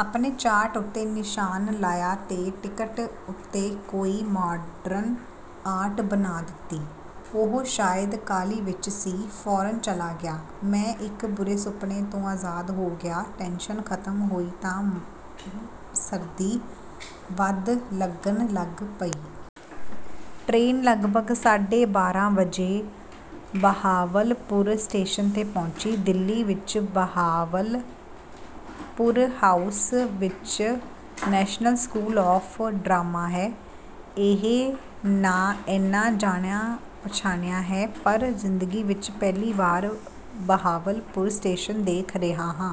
ਆਪਣੇ ਚਾਰਟ ਉੱਤੇ ਨਿਸ਼ਾਨ ਲਾਇਆ ਤੇ ਟਿਕਟ ਉੱਤੇ ਕੋਈ ਮਾਡਰਨ ਆਰਟ ਬਣਾ ਦਿੱਤੀ। ਉਹ ਸ਼ਾਇਦ ਕਾਹਲੀ ਵਿੱਚ ਸੀ, ਫ਼ੌਰਨ ਚਲਾ ਗਿਆ। ਮੈਂ ਇੱਕ ਬੁਰੇ ਸੁਪਨੇ ਤੋਂ ਆਜ਼ਾਦ ਹੋ ਗਿਆ। ਟੈਂਸ਼ਨ ਖ਼ਤਮ ਹੋਈ ਤਾਂ ਸਰਦੀ ਵੱਧ ਲੱਗਣ ਲੱਗ ਪਈ। ਟਰੇਨ ਲਗਭਗ ਸਾਢੇ ਬਾਰਾਂ ਵਜੇ ਬਹਾਵਲਪੁਰ ਸਟੇਸ਼ਨ ਤੇ ਪਹੁੰਚੀ। ਦਿੱਲੀ ਵਿੱਚ ਬਹਾਵਲਪੁਰ ਹਾਊਸ ਵਿੱਚ ਨੈਸ਼ਨਲ ਸਕੂਲ ਆਫ਼ ਡਰਾਮਾ ਹੈ। ਇਹ ਨਾਂ ਏਨਾ ਜਾਣਿਆ-ਪਛਾਣਿਆ ਹੈ, ਪਰ ਜ਼ਿੰਦਗੀ ਵਿੱਚ ਪਹਿਲੀ ਵਾਰ ਬਹਾਵਲਪੁਰ ਸਟੇਸ਼ਨ ਦੇਖ ਰਿਹਾ ਹਾਂ।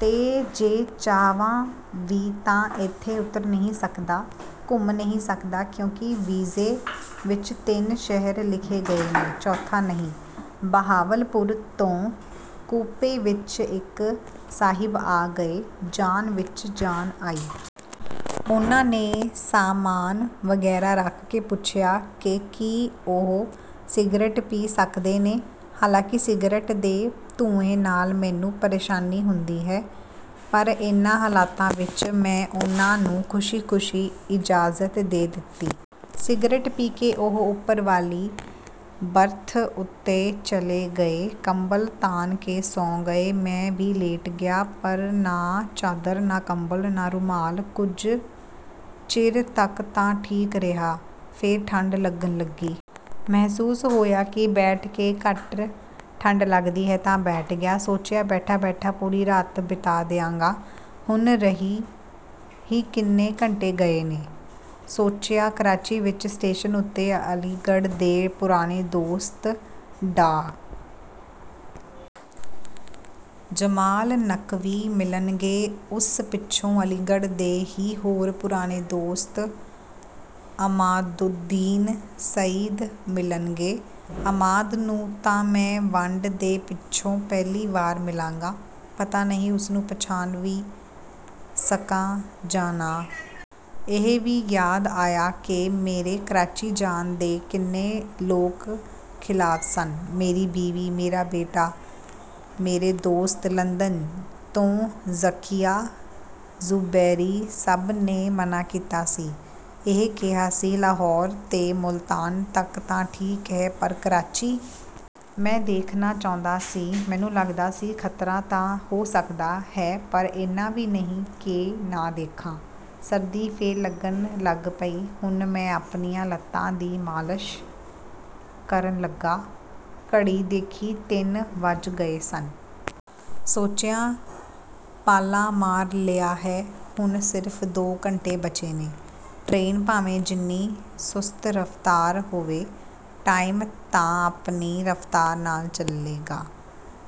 ਤੇ ਜੇ ਚਾਹਵਾਂ ਵੀ ਤਾਂ ਇੱਥੇ ਉਤਰ ਨਹੀਂ ਸਕਦਾ, ਘੁੰਮ ਨਹੀਂ ਸਕਦਾ, ਕਿਉਂਕਿ ਵੀਜ਼ੇ ਵਿੱਚ ਤਿੰਨ ਸ਼ਹਿਰ ਲਿਖੇ ਗਏ ਨੇ, ਚੌਥਾ ਨਹੀਂ। ਬਹਾਵਲਪੁਰ ਤੋਂ ਕੂਪੇ ਵਿੱਚ ਇੱਕ ਸਾਹਿਬ ਆ ਗਏ। ਜਾਨ ਵਿੱਚ ਜਾਨ ਆਈ। ਉਹਨਾਂ ਨੇ ਸਾਮਾਨ ਵਗੈਰਾ ਰੱਖ ਕੇ ਪੁੱਛਿਆ ਕਿ ਕੀ ਉਹ ਸਿਗਰਟ ਪੀ ਸਕਦੇ ਨੇ। ਹਾਲਾਂਕਿ ਸਿਗਰਟ ਦੇ ਧੂੰਏਂ ਨਾਲ ਮੈਨੂੰ ਪ੍ਰੇਸ਼ਾਨੀ ਹੁੰਦੀ ਹੈ, ਪਰ ਇਨ੍ਹਾਂ ਹਾਲਾਤਾਂ ਵਿੱਚ ਮੈਂ ਉਹਨਾਂ ਨੂੰ ਖ਼ੁਸ਼ੀ-ਖ਼ੁਸ਼ੀ ਇਜਾਜ਼ਤ ਦੇ ਦਿੱਤੀ। ਸਿਗਰਟ ਪੀ ਕੇ ਉਹ ਉੱਪਰ ਵਾਲੀ ਬਰਥ ਉੱਤੇ ਚਲੇ ਗਏ। ਕੰਬਲ ਤਾਣ ਕੇ ਸੌਂ ਗਏ। ਮੈਂ ਵੀ ਲੇਟ ਗਿਆ। ਪਰ ਨਾ ਚਾਦਰ, ਨਾ ਕੰਬਲ, ਨਾ ਰੁਮਾਲ। ਕੁਝ ਚਿਰ ਤੱਕ ਤਾਂ ਠੀਕ ਰਿਹਾ, ਫਿਰ ਠੰਡ ਲੱਗਣ ਲੱਗੀ। ਮਹਿਸੂਸ ਹੋਇਆ ਕਿ ਬੈਠ ਕੇ ਘੱਟ ਠੰਡ ਲੱਗਦੀ ਹੈ, ਤਾਂ ਬੈਠ ਗਿਆ। ਸੋਚਿਆ, ਬੈਠਾ-ਬੈਠਾ ਪੂਰੀ ਰਾਤ ਬਿਤਾ ਦਿਆਂਗਾ। ਹੁਣ ਰਹਿ ਹੀ ਕਿੰਨੇ ਘੰਟੇ ਗਏ ਨੇ। ਸੋਚਿਆ, ਕਰਾਚੀ ਵਿੱਚ ਸਟੇਸ਼ਨ ਉੱਤੇ ਅਲੀਗੜ੍ਹ ਦੇ ਪੁਰਾਣੇ ਦੋਸਤ ਡਾ. ਜਮਾਲ ਨਕਵੀ ਮਿਲਣਗੇ। ਉਸ ਪਿੱਛੋਂ ਅਲੀਗੜ੍ਹ ਦੇ ਹੀ ਹੋਰ ਪੁਰਾਣੇ ਦੋਸਤ ਅਮਾਦੁੱਦੀਨ ਸਈਦ ਮਿਲਣਗੇ। ਅਮਾਦ ਨੂੰ ਤਾਂ ਮੈਂ ਵੰਡ ਦੇ ਪਿੱਛੋਂ ਪਹਿਲੀ ਵਾਰ ਮਿਲਾਂਗਾ। ਪਤਾ ਨਹੀਂ, ਉਸ ਨੂੰ ਪਛਾਣ ਵੀ ਸਕਾਂ ਜਾਂ ਨਾ। ਇਹ ਵੀ ਯਾਦ ਆਇਆ ਕਿ ਮੇਰੇ ਕਰਾਚੀ ਜਾਣ ਦੇ ਕਿੰਨੇ ਲੋਕ ਖ਼ਿਲਾਫ਼ ਸਨ। ਮੇਰੀ ਬੀਵੀ, ਮੇਰਾ ਬੇਟਾ, ਮੇਰੇ ਦੋਸਤ, ਲੰਦਨ ਤੋਂ ਜ਼ਕੀਆ ਜੁਬੈਰੀ—ਸਭ ਨੇ ਮਨ੍ਹਾਂ ਕੀਤਾ ਸੀ। ਇਹ ਕਿਹਾ ਸੀ, "ਲਾਹੌਰ ਤੇ ਮੁਲਤਾਨ ਤੱਕ ਤਾਂ ਠੀਕ ਹੈ, ਪਰ ਕਰਾਚੀ।" ਮੈਂ ਦੇਖਣਾ ਚਾਹੁੰਦਾ ਸੀ। ਮੈਨੂੰ ਲੱਗਦਾ ਸੀ, ਖ਼ਤਰਾ ਤਾਂ ਹੋ ਸਕਦਾ ਹੈ, ਪਰ ਏਨਾ ਵੀ ਨਹੀਂ ਕਿ ਨਾ ਦੇਖਾਂ। ਸਰਦੀ ਫਿਰ ਲੱਗਣ ਲੱਗ ਪਈ। ਹੁਣ ਮੈਂ ਆਪਣੀਆਂ ਲੱਤਾਂ ਦੀ ਮਾਲਸ਼ ਕਰਨ ਲੱਗਾ। ਘੜੀ ਦੇਖੀ, ਤਿੰਨ ਵੱਜ ਗਏ ਸਨ। ਸੋਚਿਆ, ਪਾਲਾ ਮਾਰ ਲਿਆ ਹੈ। ਹੁਣ ਸਿਰਫ਼ ਦੋ ਘੰਟੇ ਬਚੇ ਨੇ। ਟਰੇਨ ਭਾਵੇਂ ਜਿੰਨੀ ਸੁਸਤ ਰਫ਼ਤਾਰ ਹੋਵੇ, ਟਾਈਮ ਤਾਂ ਆਪਣੀ ਰਫ਼ਤਾਰ ਨਾਲ ਚੱਲੇਗਾ।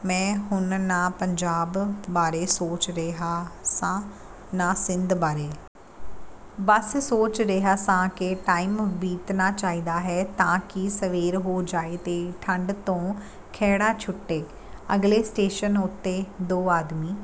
ਮੈਂ ਹੁਣ ਨਾ ਪੰਜਾਬ ਬਾਰੇ ਸੋਚ ਰਿਹਾ ਸਾਂ, ਨਾ ਸਿੰਧ ਬਾਰੇ। ਬਸ ਸੋਚ ਰਿਹਾ ਸਾਂ ਕਿ ਟਾਈਮ ਬੀਤਣਾ ਚਾਹੀਦਾ ਹੈ, ਤਾਂ ਕਿ ਸਵੇਰ ਹੋ ਜਾਏ ਤੇ ਠੰਡ ਤੋਂ ਖਹਿੜਾ ਛੁੱਟੇ। ਅਗਲੇ ਸਟੇਸ਼ਨ ਉੱਤੇ ਦੋ ਆਦਮੀ...